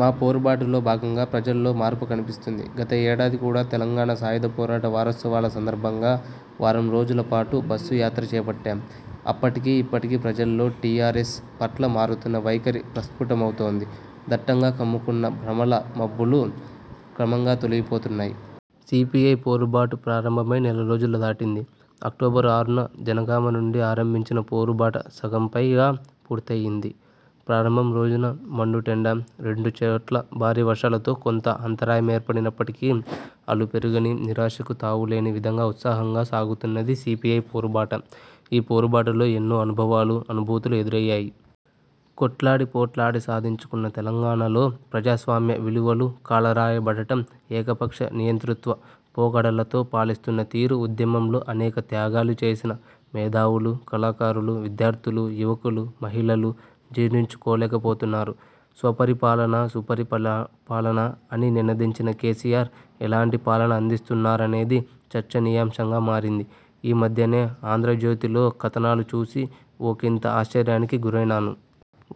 మా పోరుబాటులో భాగంగా ప్రజల్లో మార్పు కనిపిస్తుంది. గత ఏడాది కూడా తెలంగాణ సాయుధ పోరాట వారోత్సవాల సందర్భంగా వారం రోజుల పాటు బస్సు యాత్ర చేపట్టాం. అప్పటికి ఇప్పటికీ ప్రజల్లో టీఆర్ఎస్ పట్ల మారుతున్న వైఖరి ప్రస్ఫుటమవుతోంది. దట్టంగా కమ్ముకున్న భ్రమల మబ్బులు క్రమంగా తొలగిపోతున్నాయి. సీపీఐ పోరుబాటు ప్రారంభమై నెలరోజులు దాటింది. అక్టోబరు ఆరున జనగామ నుండి ఆరంభించిన పోరుబాట సగంపైగా పూర్తయింది. ప్రారంభం రోజున మండుటెండ, రెండు చోట్ల భారీ వర్షాలతో కొంత అంతరాయమేర్పడినప్పటికీ, అలుపెరగని, నిరాశకు తావులేని విధంగా ఉత్సాహంగా సాగుతున్నది సీపీఐ పోరుబాట. ఈ పోరుబాటలో ఎన్నో అనుభవాలు, అనుభూతులు ఎదురయ్యాయి. కొట్లాడి, పోట్లాడి సాధించుకున్న తెలంగాణలో ప్రజాస్వామ్య విలువలు కాలరాయబడటం ఏకపక్ష నియంతృత్వ పోకడలతో పాలిస్తున్న తీరు ఉద్యమంలో అనేక త్యాగాలు చేసిన మేధావులు, కళాకారులు, విద్యార్థులు, యువకులు, మహిళలు జీర్ణించుకోలేకపోతున్నారు. స్వపరిపాలన, సుపరిపాలన అని నినదించిన కేసీఆర్ ఎలాంటి పాలన అందిస్తున్నారనేది చర్చనీయాంశంగా మారింది. ఈ మధ్యనే ఆంధ్రజ్యోతిలో కథనాలు చూసి ఒకింత ఆశ్చర్యానికి గురైనాను.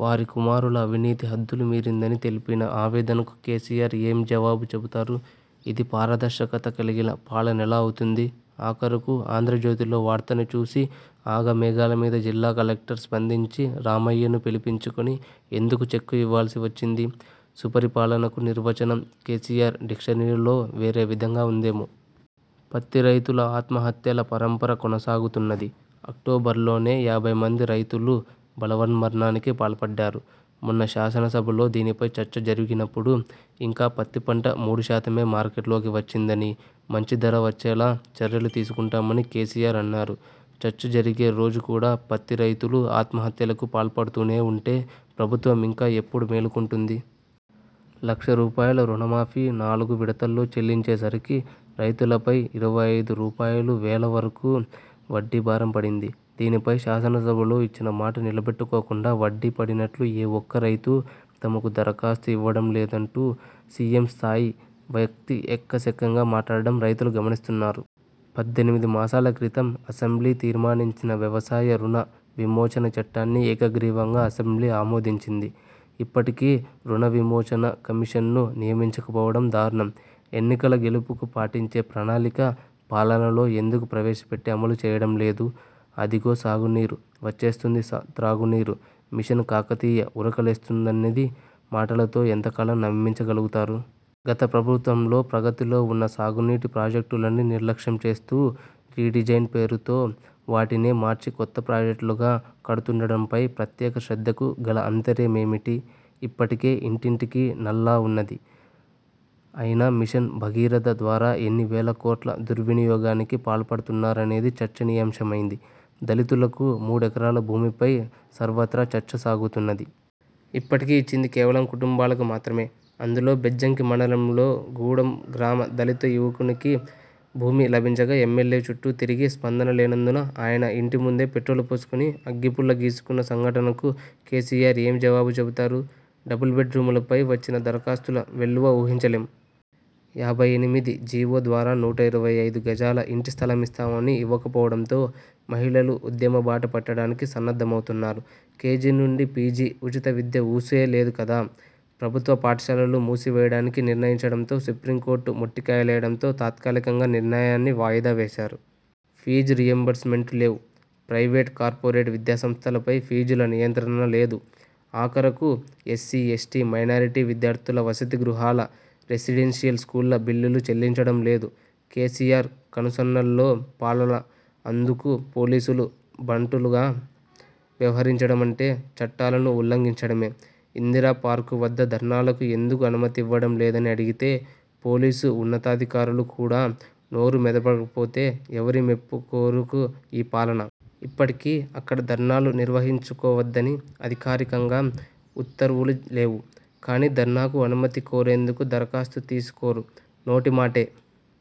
వారి కుమారుల అవినీతి హద్దులు మీరిందని తెలిపిన ఆవేదనకు కేసీఆర్ ఏమి జవాబు చెబుతారు. ఇది పారదర్శకత కలిగిన పాలనెలా అవుతుంది. ఆఖరుకు ఆంధ్రజ్యోతిలో వార్తను చూసి ఆఘమేఘాల మీద జిల్లా కలెక్టర్ స్పందించి రామయ్యను పిలిపించుకొని ఎందుకు చెక్కు ఇవ్వాల్సి వచ్చింది? సుపరిపాలనకు నిర్వచనం కేసీఆర్ డిక్షనరీలో వేరే విధంగా ఉందేమో? పత్తి రైతుల ఆత్మహత్యల పరంపర కొనసాగుతున్నది. అక్టోబర్లోనే యాభైమంది రైతులు బలవన్మరణానికి పాల్పడ్డారు. మొన్న శాసనసభలో దీనిపై చర్చ జరిగినప్పుడు ఇంకా పత్తిపంట మూడు శాతమే మార్కెట్లోకి వచ్చిందని, మంచి ధర వచ్చేలా చర్యలుతీసుకుంటామని కేసీఆర్ అన్నారు. చర్చ జరిగే రోజు కూడా పత్తి రైతులు ఆత్మహత్యలకు పాల్పడుతూనే ఉంటే, ప్రభుత్వం ఇంకా ఎప్పుడు మేలుకుంటుంది. లక్ష రూపాయల రుణమాఫీ నాలుగు విడతల్లో చెల్లించే సరికి రైతులపై ఇరవై ఐదు రూపాయలువేల వరకు వడ్డీ భారం పడింది. దీనిపై శాసనసభలో ఇచ్చిన మాట నిలబెట్టుకోకుండా, వడ్డీ పడినట్లు ఏ ఒక్క రైతు తమకు దరఖాస్తు ఇవ్వడం లేదంటూ సీఎం స్థాయి వ్యక్తి ఎకసెక్కంగా మాట్లాడడం రైతులు గమనిస్తున్నారు. పద్దెనిమిది మాసాల క్రితం అసెంబ్లీ తీర్మానించిన వ్యవసాయ రుణ విమోచన చట్టాన్ని ఏకగ్రీవంగా అసెంబ్లీ ఆమోదించింది. ఇప్పటికీ రుణవిమోచన కమిషన్ను నియమించుకోపోవడం దారుణం. ఎన్నికల గెలుపుకు పాటించే ప్రణాళిక, పాలనలో ఎందుకు ప్రవేశపెట్టి అమలు చేయడంలేదు. అదిగో సాగునీరు, వచ్చేస్తుంది త్రాగునీరు, మిషన్ కాకతీయ ఉరకలేస్తున్నదని, మాటలతో ఎంతకాలం నమ్మించగలుగుతారు. గతప్రభుత్వంలో ప్రగతిలో ఉన్న సాగునీటి ప్రాజెక్టులని నిర్లక్ష్యంచేస్తూ, రీడిజైన్ పేరుతో వాటినే మార్చి కొత్త ప్రాజెక్టులుగా కడుతుండడంపై ప్రత్యేక శ్రద్ధకు గల ఆంతర్యమేమిటి? ఇప్పటికే ఇంటింటికి నల్లా ఉన్నది. అయినా మిషన్ భగీరథ ద్వారా ఎన్ని వేలకోట్ల దుర్వినియోగానికి పాల్పడనున్నారనేది చర్చనీయాంశమైంది. దళితులకు మూడెకరాల భూమిపై సర్వత్రా చర్చ సాగుతున్నది. ఇప్పటికి ఇచ్చింది కేవలం కుటుంబాలకు మాత్రమే. అందులో బెజ్జంకి మండలంలో గూడెం గ్రామ దళిత యువకునికి భూమి లభించక ఎమ్మెల్యే చుట్టూ తిరిగి స్పందన లేనందున ఆయన ఇంటి ముందే పెట్రోలు పోసుకొని, అగ్గిపుల్ల గీసుకున్న సంఘటనకు కేసీఆర్ ఏమి జవాబు చెబుతారు? డబుల్బెడ్ రూములపై వచ్చిన దరఖాస్తుల వెల్లువ ఊహించలేం. యాభై ఎనిమిది జీవో ద్వారా నూట ఇరవై ఐదు గజాల ఇంటి స్థలమిస్తామని ఇవ్వకపోవడంతో మహిళలు ఉద్యమబాట పట్టడానికి సన్నద్ధమవుతున్నారు. కేజీ నుండి పీజీ ఉచిత విద్య ఊసే లేదు కదా? ప్రభుత్వ పాఠశాలలు మూసివేయడానికి నిర్ణయించడంతో సుప్రీంకోర్టు మొట్టికాలేయడంతో తాత్కాలికంగా నిర్ణయాన్ని వాయిదా వేశారు. ఫీజుల రీయింబర్స్మెంట్ లేవు. ప్రైవేట్, కార్పోరేట్ విద్యాసంస్థలపై ఫీజుల నియంత్రణ లేదు. ఆఖరకు ఎస్సీ, ఎస్టీ, మైనారిటీ విద్యార్థుల వసతి గృహాల, రెసిడెన్షియల్ స్కూళ్ళ బిల్లులు చెల్లించడం లేదు. కేసీఆర్ కనుసన్నలలో పాలన, అందుకు పోలీసులు బంటులాగా వ్యవహరించడమంటే చట్టాలను ఉల్లఘించడమే. ఇందిరా పార్కు వద్ద ధర్నాలకు ఎందుకు అనుమతి ఇవ్వటం లేదని అడిగితే, పోలీసు ఉన్నతాధికారులు కూడా నోరు మెదపకపోతే, ఎవరి మెప్పుకొరకు ఈ పాలన? ఇప్పటికీ అక్కడ ధర్నాలు నిర్వహించుకోవద్దని అధికారికంగా ఉత్తర్వులు లేవు. కానీ ధర్నాకు అనుమతి కోరేందుకు దరఖాస్తు తీసుకోరు. నోటి మాటే